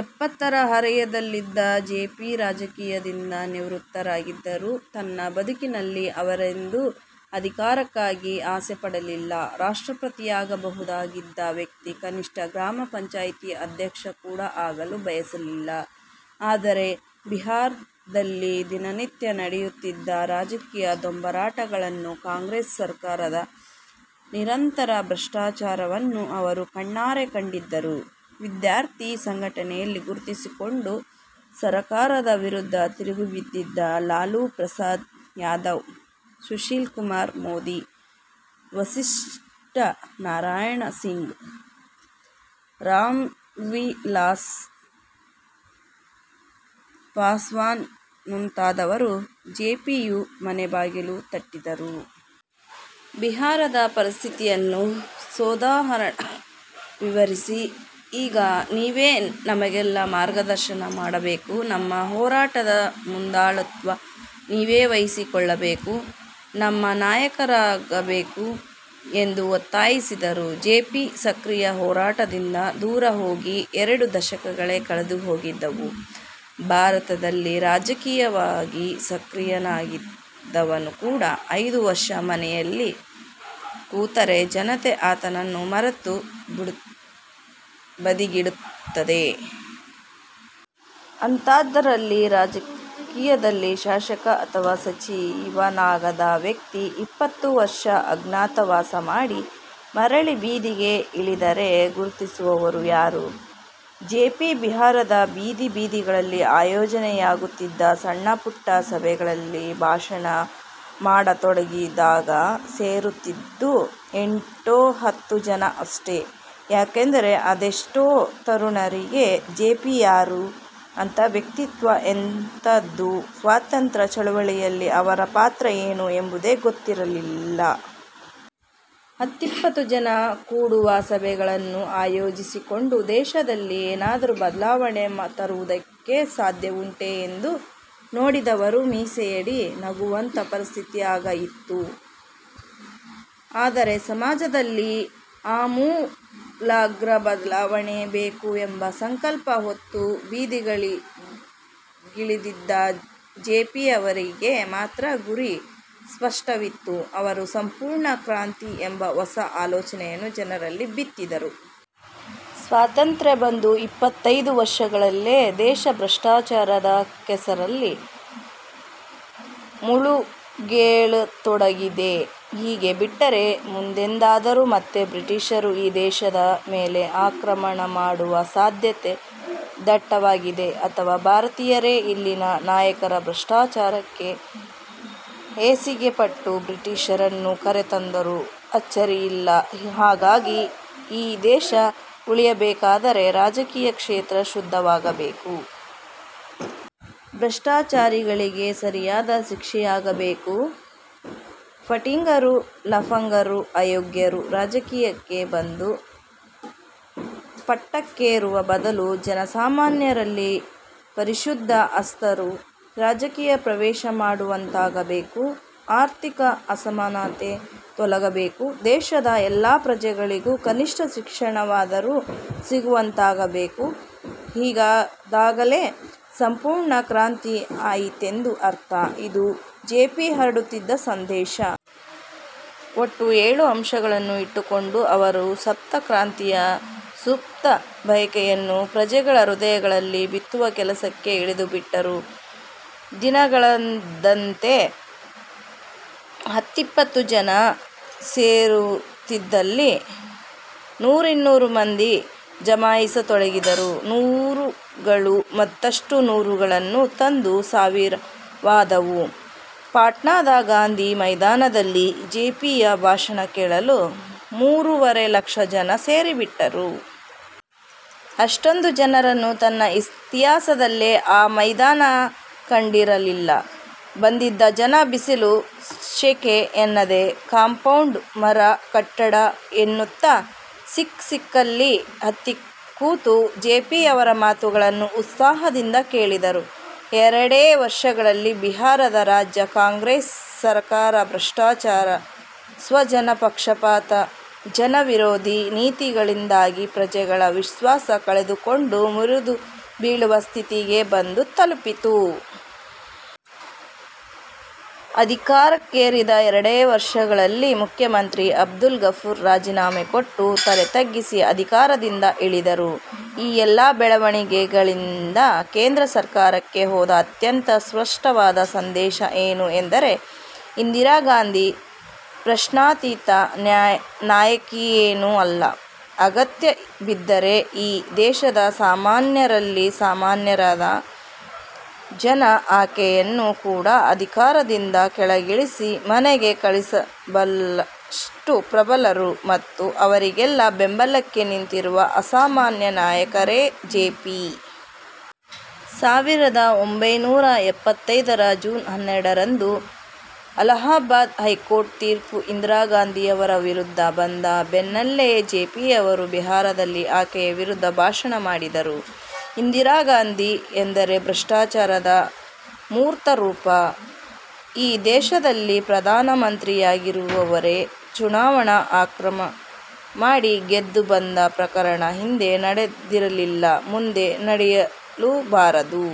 ಎಪ್ಪತ್ತರ ಹರೆಯದಲ್ಲಿದ್ದ ಜೆಪಿ, ರಾಜಕೀಯದಿಂದ ನಿವೃತ್ತರಾಗಿದ್ದರು. ತನ್ನ ಬದುಕಿನಲ್ಲಿ ಅವರೆಂದೂ ಅಧಿಕಾರಕ್ಕಾಗಿ ಆಸೆಪಡಲಿಲ್ಲ. ರಾಷ್ಟ್ರಪತಿಯಾಗಬಹುದಾಗಿದ್ದ ವ್ಯಕ್ತಿ ಕನಿಷ್ಠ ಗ್ರಾಮ ಪಂಚಾಯತಿಯ ಅಧ್ಯಕ್ಷ ಕೂಡ ಆಗಲು ಬಯಸಲಿಲ್ಲ. ಆದರೆ, ಬಿಹಾರದಲ್ಲಿ ದಿನನಿತ್ಯ ನಡೆಯುತ್ತಿದ್ದ ರಾಜಕೀಯ ದೊಂಬರಾಟಗಳನ್ನೂ, ಕಾಂಗ್ರೆಸ್ ಸರಕಾರದ ನಿರಂತರ ಭ್ರಷ್ಟಾಚಾರವನ್ನೂ ಅವರು ಕಣ್ಣಾರೆ ಕಂಡಿದ್ದರು. ವಿದ್ಯಾರ್ಥಿ ಸಂಘಟನೆಯಲ್ಲಿ ಗುರುತಿಸಿಕೊಂಡು ಸರಕಾರದ ವಿರುದ್ಧ ತಿರುಗಿಬಿದ್ದಿದ್ದ ಲಾಲೂ ಪ್ರಸಾದ್ ಯಾದವ್, ಸುಶೀಲ್ ಕುಮಾರ್ ಮೋದಿ, ವಸಿಷ್ಠ ನಾರಾಯಣ ಸಿಂಗ್, ರಾಮ್ವಿಲಾಸ್ ಪಾಸ್ವಾನ್ ಮುಂತಾದವರು ಜೆಪಿಯ ಮನೆಬಾಗಿಲು ತಟ್ಟಿದರು. ಬಿಹಾರದ ಪರಿಸ್ಥಿತಿಯನ್ನು ಸೋದಾಹರಣ ವಿವರಿಸಿ, ಈಗ ನೀವೇ ನಮಗೆಲ್ಲ ಮಾರ್ಗದರ್ಶನ ಮಾಡಬೇಕು. ನಮ್ಮ ಹೋರಾಟದ ಮುಂದಾಳುತ್ವ ನೀವೇ ವಹಿಸಿಕೊಳ್ಳಬೇಕು. ನಮ್ಮ ನಾಯಕರಾಗಬೇಕು ಎಂದು ಒತ್ತಾಯಿಸಿದರು. ಜೆಪಿ, ಸಕ್ರಿಯ ಹೋರಾಟದಿಂದ ದೂರ ಹೋಗಿ ಎರಡು ದಶಕಗಳೇ ಕಳೆದುಹೋಗಿದ್ದವು. ಭಾರತದಲ್ಲಿ ರಾಜಕೀಯವಾಗಿ ಸಕ್ರಿಯನಾಗಿದ್ದವನು ಕೂಡ ಐದು ವರ್ಷ ಮನೆಯಲ್ಲಿ ಕೂತರೆ ಜನತೆ ಆತನನ್ನು ಮರೆತು ಬದಿಗಿಡುತ್ತದೆ. ಅಂಥಾದ್ದರಲ್ಲಿ ರಾಜಕೀಯದಲ್ಲಿ ಶಾಸಕ ಅಥವಾ ಸಚಿವನಾಗದ ವ್ಯಕ್ತಿ ಇಪ್ಪತ್ತು ವರ್ಷ ಅಜ್ಞಾತವಾಸ ಮಾಡಿ ಮರಳಿ ಬೀದಿಗೆ ಇಳಿದರೆ ಗುರುತಿಸುವವರು ಯಾರು? ಜೆಪಿ ಬಿಹಾರದ ಬೀದಿ ಬೀದಿಗಳಲ್ಲಿ ಆಯೋಜನೆಯಾಗುತ್ತಿದ್ದ ಸಣ್ಣಪುಟ್ಟ ಸಭೆಗಳಲ್ಲಿ ಭಾಷಣ ಮಾಡತೊಡಗಿದಾಗ ಸೇರುತ್ತಿದ್ದದ್ದು ಎಂಟೋ ಹತ್ತೋ ಜನ ಅಷ್ಟೆ. ಯಾಕೆಂದರೆ ಅದೆಷ್ಟೋ ತರುಣರಿಗೆ ಜೆಪಿ ಯಾರು, ಅವರ ವ್ಯಕ್ತಿತ್ವ ಎಂಥಾದ್ದು, ಸ್ವಾತಂತ್ರ್ಯ ಚಳವಳಿಯಲ್ಲಿ ಅವರ ಪಾತ್ರ ಏನು ಎಂಬುದೇ ಗೊತ್ತಿರಲಿಲ್ಲ. ಹತ್ತಿಪ್ಪತ್ತು ಜನ ಕೂಡುವ ಸಭೆಗಳನ್ನು ಆಯೋಜಿಸಿಕೊಂಡು ದೇಶದಲ್ಲಿ ಏನಾದರೂ ಬದಲಾವಣೆ ತರುವುದಕ್ಕೆ ಸಾಧ್ಯವುಂಟೇ ಎಂದು, ನೋಡಿದವರು ಮೀಸೆಯಡಿ ನಗುವಂಥ ಪರಿಸ್ಥಿತಿ ಆಗ ಇತ್ತು. ಆದರೆ, ಸಮಾಜದಲ್ಲಿ ಆಮೂಲಾಗ್ರ ಬದಲಾವಣೆ ಬೇಕು ಎಂಬ ಸಂಕಲ್ಪ ಹೊತ್ತು ಬೀದಿಗಿಳಿದಿದ್ದ ಜೆಪಿಯವರಿಗೆ ಮಾತ್ರ ಗುರಿ ಸ್ಪಷ್ಟವಿತ್ತು. ಅವರು ಸಂಪೂರ್ಣ ಕ್ರಾಂತಿ ಎಂಬ ಹೊಸ ಆಲೋಚನೆಯನ್ನು ಜನರಲ್ಲಿ ಬಿತ್ತಿದರು. ಸ್ವಾತಂತ್ರ್ಯ ಬಂದು ಇಪ್ಪತ್ತೈದು ವರ್ಷಗಳಲ್ಲೇ ದೇಶ ಭ್ರಷ್ಟಾಚಾರದ ಕೆಸರಲ್ಲಿ ಮುಳುಗೇಳತೊಡಗಿದೆ. ಹೀಗೇ ಬಿಟ್ಟರೆ ಮುಂದೆಂದಾದರೂ ಮತ್ತೆ ಬ್ರಿಟಿಷರು ಈ ದೇಶದ ಮೇಲೆ ಆಕ್ರಮಣ ಮಾಡುವ ಸಾಧ್ಯತೆ ದಟ್ಟವಾಗಿದೆ. ಅಥವಾ ಭಾರತೀಯರೇ ಇಲ್ಲಿನ ನಾಯಕರ ಭ್ರಷ್ಟಾಚಾರಕ್ಕೆ ಹೇಸಿಗೆಪಟ್ಟು ಬ್ರಿಟಿಷರನ್ನು ಕರೆತಂದರೂ ಅಚ್ಚರಿಯಿಲ್ಲ. ಹಾಗಾಗಿ ಈ ದೇಶ ಉಳಿಯಬೇಕಾದರೆ ರಾಜಕೀಯ ಕ್ಷೇತ್ರ ಶುದ್ಧವಾಗಬೇಕು. ಭ್ರಷ್ಟಾಚಾರಿಗಳಿಗೆ ಸರಿಯಾದ ಶಿಕ್ಷೆಯಾಗಬೇಕು. ಫಟಿಂಗರು, ಲಫಂಗರು, ಅಯೋಗ್ಯರು ರಾಜಕೀಯಕ್ಕೆ ಬಂದು ಪಟ್ಟಕ್ಕೇರುವ ಬದಲು ಜನಸಾಮಾನ್ಯರಲ್ಲಿ ಪರಿಶುದ್ಧ ಹಸ್ತರು ರಾಜಕೀಯ ಪ್ರವೇಶ ಮಾಡುವಂತಾಗಬೇಕು. ಆರ್ಥಿಕ ಅಸಮಾನತೆ ತೊಲಗಬೇಕು. ದೇಶದ ಎಲ್ಲ ಪ್ರಜೆಗಳಿಗೂ ಕನಿಷ್ಠ ಶಿಕ್ಷಣವಾದರೂ ಸಿಗುವಂತಾಗಬೇಕು. ಹೀಗಾದಾಗಲೇ ಸಂಪೂರ್ಣ ಕ್ರಾಂತಿ ಆಯಿತೆಂದು ಅರ್ಥ. ಇದು ಜೆಪಿ ಹರಡುತ್ತಿದ್ದ ಸಂದೇಶ. ಒಟ್ಟು ಏಳು ಅಂಶಗಳನ್ನು ಇಟ್ಟುಕೊಂಡು ಅವರು ಸಪ್ತಕ್ರಾಂತಿಯ ಸುಪ್ತ ಬಯಕೆಯನ್ನು ಪ್ರಜೆಗಳ ಹೃದಯಗಳಲ್ಲಿ ಬಿತ್ತುವ ಕೆಲಸಕ್ಕೆ ಇಳಿದುಬಿಟ್ಟರು. ದಿನಗಳೆದಂತೆ, ಹತ್ತಿಪ್ಪತ್ತು ಜನ ಸೇರುತ್ತಿದ್ದಲ್ಲಿ ನೂರಿನ್ನೂರು ಮಂದಿ ಜಮಾಯಿಸತೊಡಗಿದರು. ನೂರುಗಳು ಮತ್ತಷ್ಟು ನೂರುಗಳನ್ನು ತಂದು ಸಾವಿರವಾದವು. ಪಾಟ್ನಾದ ಗಾಂಧಿ ಮೈದಾನದಲ್ಲಿ ಜೆಪಿಯ ಭಾಷಣ ಕೇಳಲು ಮೂರೂವರೆ ಲಕ್ಷ ಜನ ಸೇರಿಬಿಟ್ಟರು. ಅಷ್ಟೊಂದು ಜನರನ್ನು ತನ್ನ ಇತಿಹಾಸದಲ್ಲೇ ಆ ಮೈದಾನ ಕಂಡಿರಲಿಲ್ಲ. ಬಂದಿದ್ದ ಜನ ಬಿಸಿಲು, ಸೆಖೆ ಎನ್ನದೆ ಕಂಪೌಂಡು, ಮರ, ಕಟ್ಟಡ ಎನ್ನುತ್ತ ಸಿಕ್ಕಸಿಕ್ಕಲ್ಲಿ ಹತ್ತಿಕೂತು ಜೆಪಿಯವರ ಮಾತುಗಳನ್ನು ಉತ್ಸಾಹದಿಂದ ಕೇಳಿದರು. ಎರಡೇ ವರ್ಷಗಳಲ್ಲಿ ಬಿಹಾರದ ರಾಜ್ಯ ಕಾಂಗ್ರೆಸ್ ಸರಕಾರ ಭ್ರಷ್ಟಾಚಾರ, ಸ್ವಜನಪಕ್ಷಪಾತ, ಜನವಿರೋಧಿ ನೀತಿಗಳಿಂದಾಗಿ ಪ್ರಜೆಗಳ ವಿಶ್ವಾಸ ಕಳೆದುಕೊಂಡು ಮುರಿದುಬೀಳುವ ಸ್ಥಿತಿಗೆ ಬಂದು ತಲುಪಿತು. ಅಧಿಕಾರಕ್ಕೇರಿದ ಎರಡೇ ವರ್ಷಗಳಲ್ಲಿ ಮುಖ್ಯಮಂತ್ರಿ ಅಬ್ದುಲ್ ಗಫೂರ್ ರಾಜೀನಾಮೆ ಕೊಟ್ಟು ತಲೆತಗ್ಗಿಸಿ ಅಧಿಕಾರದಿಂದ ಇಳಿದರು. ಈ ಎಲ್ಲ ಬೆಳವಣಿಗೆಗಳಿಂದ ಕೇಂದ್ರ ಸರ್ಕಾರಕ್ಕೆ ಹೋದ ಅತ್ಯಂತ ಸ್ಪಷ್ಟವಾದ ಸಂದೇಶ ಏನು ಎಂದರೆ, ಇಂದಿರಾಗಾಂಧಿ ಪ್ರಶ್ನಾತೀತ ನಾಯಕಿಯೇನೂ ಅಲ್ಲ, ಅಗತ್ಯ ಬಿದ್ದರೆ ಈ ದೇಶದ ಸಾಮಾನ್ಯರಲ್ಲಿ ಸಾಮಾನ್ಯರಾದ ಜನ ಆಕೆಯನ್ನು ಕೂಡ ಅಧಿಕಾರದಿಂದ ಕೆಳಗಿಳಿಸಿ ಮನೆಗೆ ಕಳಿಸಬಲ್ಲಷ್ಟು ಪ್ರಬಲರು ಮತ್ತು ಅವರಿಗೆಲ್ಲ ಬೆಂಬಲಕ್ಕೆ ನಿಂತಿರುವ ಅಸಾಮಾನ್ಯ ನಾಯಕರೇ ಜೆಪಿ. ಸಾವಿರದ ಒಂಬೈನೂರಾ ಎಪ್ಪತ್ತೈದರ ಜೂನ್ ಹನ್ನೆರಡರಂದು ಅಲಹಾಬಾದ್ ಹೈಕೋರ್ಟ್ ತೀರ್ಪು ಇಂದಿರಾಗಾಂಧಿಯವರ ವಿರುದ್ಧ ಬಂದ ಬೆನ್ನಲ್ಲೇ ಜೆಪಿಯವರು ಬಿಹಾರದಲ್ಲಿ ಆಕೆಯ ವಿರುದ್ಧ ಭಾಷಣ ಮಾಡಿದರು. ಇಂದಿರಾಗಾಂಧಿ ಎಂದರೆ ಭ್ರಷ್ಟಾಚಾರದ ಮೂರ್ತರೂಪ. ಈ ದೇಶದಲ್ಲಿ ಪ್ರಧಾನಮಂತ್ರಿಯಾಗಿರುವವರೇ ಚುನಾವಣಾ ಅಕ್ರಮ ಮಾಡಿ ಗೆದ್ದುಬಂದ ಪ್ರಕರಣ ಹಿಂದೆ ನಡೆದಿರಲಿಲ್ಲ, ಮುಂದೆ ನಡೆಯಲೂಬಾರದು.